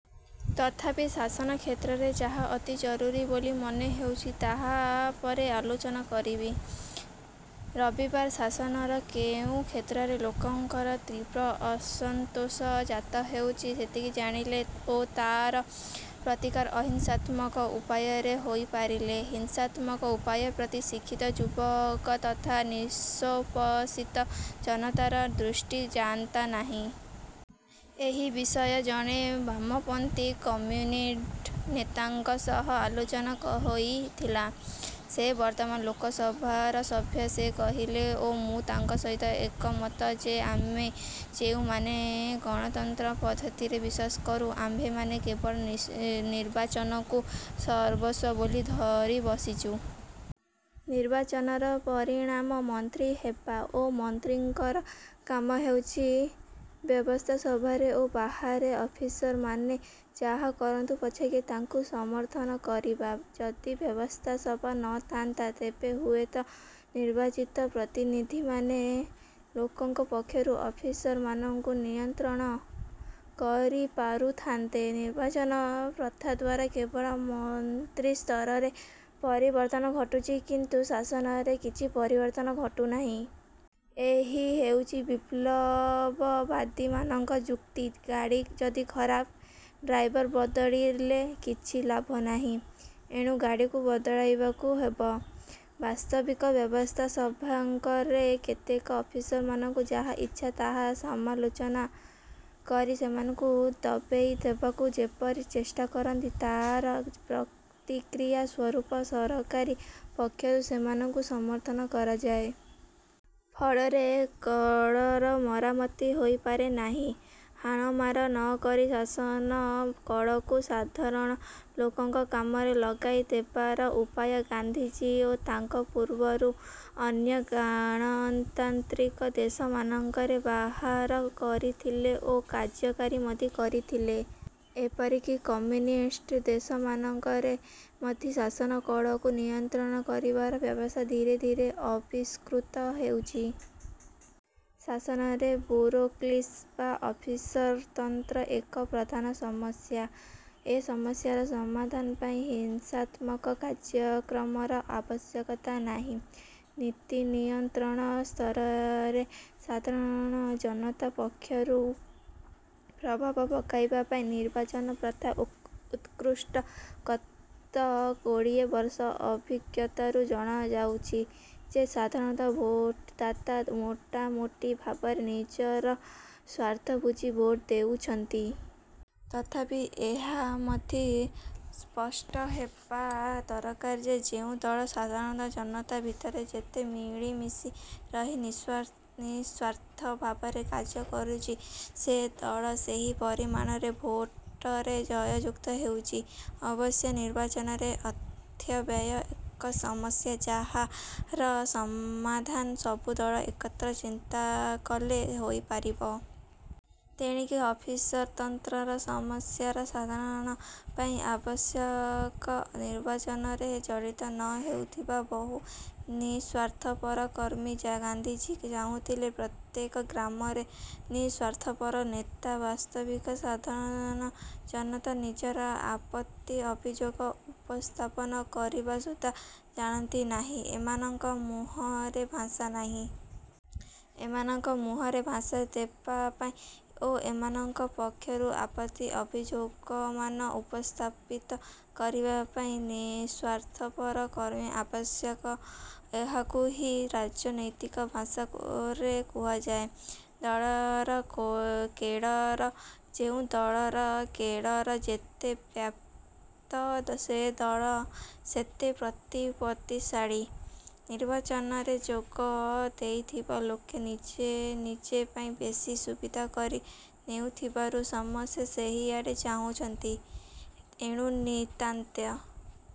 ତଥାପି ଶାସନ କ୍ଷେତ୍ରରେ ଯାହା ଅତି ଜରୁରି ବୋଲି ମନେହେଉଛି, ତାହା ପରେ ଆଲୋଚନା କରିବି। ରବିବାର ଶାସନର କେଉଁ କ୍ଷେତ୍ରରେ ଲୋକଙ୍କର ତୀବ୍ର ଅସନ୍ତୋଷ ଜାତ ହେଉଛି, ସେତିକି ଜାଣିଲେ ଓ ତାର ପ୍ରତିକାର ଅହିଂସାତ୍ମକ ଉପାୟରେ ହୋଇପାରିଲେ ହିଂସାତ୍ମକ ଉପାୟ ପ୍ରତି ଶିକ୍ଷିତ ଯୁବକ ତଥା ନିଷ୍ପେଷିତ ଜନତାର ଦୃଷ୍ଟି ଯାଆନ୍ତା ନାହିଁ। ଏହି ବିଷୟ ଜଣେ ବାମପନ୍ଥୀ କମ୍ୟୁନିଷ୍ଟ ନେତାଙ୍କ ସହ ଆଲୋଚନା ହୋଇଥିଲା। ସେ ବର୍ତ୍ତମାନ ଲୋକସଭାର ସଭ୍ୟ। ସେ କହିଲେ ଓ ମୁଁ ତାଙ୍କ ସହିତ ଏକମତ ଯେ ଆମେ ଯେଉଁମାନେ ଗଣତନ୍ତ୍ର ପଦ୍ଧତିରେ ବିଶ୍ୱାସ କରୁ, ଆମ୍ଭେମାନେ କେବଳ ନିର୍ବାଚନକୁ ସର୍ବସ୍ୱ ବୋଲି ଧରିବସିଛୁ। ନିର୍ବାଚନର ପରିଣାମ ମନ୍ତ୍ରୀ ହେବା ଓ ମନ୍ତ୍ରୀଙ୍କର କାମ ହେଉଛି ବ୍ୟବସ୍ଥାସଭାରେ ଓ ବାହାରେ ଅଫିସରମାନେ ଯାହା କରନ୍ତୁ ପଛକେ ତାଙ୍କୁ ସମର୍ଥନ କରିବା। ଯଦି ବ୍ୟବସ୍ଥାସଭା ନଥାନ୍ତା, ତେବେ ହୁଏତ ନିର୍ବାଚିତ ପ୍ରତିନିଧିମାନେ ଲୋକଙ୍କ ପକ୍ଷରୁ ଅଫିସରମାନଙ୍କୁ ନିୟନ୍ତ୍ରଣ କରିପାରୁଥାନ୍ତେ। ନିର୍ବାଚନ ପ୍ରଥାଦ୍ୱାରା କେବଳ ମନ୍ତ୍ରିସ୍ତରରେ ପରିବର୍ତ୍ତନ ଘଟୁଛି କିନ୍ତୁ ଶାସନରେ କିଛି ପରିବର୍ତ୍ତନ ଘଟୁନାହିଁ। ଏହି ହେଉଛି ବିପ୍ଳବବାଦୀମାନଙ୍କ ଯୁକ୍ତି। ଗାଡ଼ି ଯଦି ଖରାପ, ଡ୍ରାଇଭର ବଦଳିଲେ କିଛି ଲାଭନାହିଁ। ଏଣୁ ଗାଡ଼ିକୁ ବଦଳାଇବାକୁ ହେବ। ବାସ୍ତବିକ ବ୍ୟବସ୍ଥାସଭାମାନଙ୍କରେ କେତେକ ଅଫିସମାନଙ୍କୁ ଯାହା ଇଚ୍ଛା ତାହା ସମାଲୋଚନା କରି ସେମାନଙ୍କୁ ଦବେଇ ଦେବାକୁ ଯେପରି ଚେଷ୍ଟାକରନ୍ତି, ତା'ର ପ୍ରତିକ୍ରିୟା ସ୍ୱରୂପ ସରକାରୀ ପକ୍ଷରୁ ସେମାନଙ୍କୁ ସମର୍ଥନ କରାଯାଏ। ଫଳରେ କଳର ମରାମତି ହୋଇପାରେ ନାହିଁ। ହାଣମାର ନକରି ଶାସନ କଳକୁ ସାଧାରଣ ଲୋକଙ୍କ କାମରେ ଲଗାଇ ଦେବାର ଉପାୟ ଗାନ୍ଧିଜୀ ଓ ତାଙ୍କ ପୂର୍ବରୁ ଅନ୍ୟ ଗାଣତାନ୍ତ୍ରିକ ଦେଶମାନଙ୍କରେ ବାହାର କରିଥିଲେ ଓ କାର୍ଯ୍ୟକାରୀ ମଧ୍ୟ କରିଥିଲେ। ଏପରିକି କମ୍ୟୁନିଷ୍ଟ ଦେଶମାନଙ୍କରେ ମଧ୍ୟ ଶାସନ କଳକୁ ନିୟନ୍ତ୍ରଣ କରିବାର ବ୍ୟବସ୍ଥା ଧୀରେ ଧୀରେ ଆବିଷ୍କୃତ ହେଉଛି। ଶାସନରେ ବୁରୋକ୍ରେସି ବା ଅଫିସରତନ୍ତ୍ର ଏକ ପ୍ରଧାନ ସମସ୍ୟା। ଏ ସମସ୍ୟାର ସମାଧାନ ପାଇଁ ହିଂସାତ୍ମକ କାର୍ଯ୍ୟକ୍ରମର ଆବଶ୍ୟକତା ନାହିଁ। ନୀତିନିୟନ୍ତ୍ରଣ ସ୍ତରରେ ସାଧାରଣ ଜନତା ପକ୍ଷରୁ ପ୍ରଭାବ ପକାଇବା ପାଇଁ ନିର୍ବାଚନ ପ୍ରଥା ଉତ୍କୃଷ୍ଟ। ଗତ କୋଡ଼ିଏ ବର୍ଷର ଅଭିଜ୍ଞତାରୁ ଜଣାଯାଉଛି ଯେ ସାଧାରଣ ଭୋଟଦାତା ମୋଟାମୋଟି ଭାବରେ ନିଜର ସ୍ୱାର୍ଥବୁଝି ଭୋଟ ଦେଉଛନ୍ତି। ତଥାପି ଏହା ମଧ୍ୟ ସ୍ପଷ୍ଟହେବା ଦରକାର ଯେ ଯେଉଁ ଦଳ ସାଧାରଣ ଜନତା ଭିତରେ ଯେତେ ମିଳିମିଶି ରହି ନିଃସ୍ୱାର୍ଥ ଭାବରେ କାର୍ଯ୍ୟ କରୁଛି, ସେ ଦଳ ସେହି ପରିମାଣରେ ଭୋଟରେ ଜୟଯୁକ୍ତ ହେଉଛି। ଅବଶ୍ୟ ନିର୍ବାଚନରେ ଅର୍ଥବ୍ୟୟ ଏକ ସମସ୍ୟା- ଯାହାର ସମାଧାନ ସବୁ ଦଳ ଏକତ୍ର ଚିନ୍ତାକଲେ ହୋଇପାରିବ। ତେଣିକି ଅଫିସରତନ୍ତ୍ରର ସମସ୍ୟାର ସମାଧାନ ପାଇଁ ଆବଶ୍ୟକ ନିର୍ବାଚନରେ ଜଡ଼ିତ ନ ହେଉଥିବା ବହୁ ନିଃସ୍ୱାର୍ଥପର କର୍ମୀ। ଗାନ୍ଧିଜୀ ଚାହୁଁଥିଲେ ପ୍ରତ୍ୟେକ ଗ୍ରାମରେ ନିଃସ୍ୱାର୍ଥପର ନେତା। ବାସ୍ତବିକ ସାଧାରଣ ଜନତା ନିଜର ଆପତ୍ତି ଅଭିଯୋଗ ଉପସ୍ଥାପନ କରିବା ସୁଦ୍ଧା ଜାଣନ୍ତି ନାହିଁ। ଏମାନଙ୍କ ମୁହଁରେ ଭାଷା ନାହିଁ। ଏମାନଙ୍କ ମୁହଁରେ ଭାଷା ଦେବାପାଇଁ ଓ ଏମାନଙ୍କ ପକ୍ଷରୁ ଆପତ୍ତି ଅଭିଯୋଗମାନ ଉପସ୍ଥାପିତ କରିବା ପାଇଁ ନିଃସ୍ୱାର୍ଥପର କର୍ମୀ ଆବଶ୍ୟକ। ଏହାକୁ ହିଁ ରାଜନୈତିକ ଭାଷାରେ କୁହାଯାଏ ଦଳର କେଡ଼ର। ଯେଉଁ ଦଳର କେଡ଼ର ଯେତେ ବ୍ୟାପ୍ତ ସେ ଦଳ ସେତେ ପ୍ରତିପତ୍ତିଶାଳୀ। ନିର୍ବାଚନରେ ଯୋଗ ଦେଇଥିବା ଲୋକେ ନିଜ ନିଜ ପାଇଁ ବେଶି ସୁବିଧା କରି ନେଉଥିବାରୁ ସମସ୍ତେ ସେହିଆଡ଼େ ଚାହୁଁଛନ୍ତି। ଏଣୁ ନିତାନ୍ତ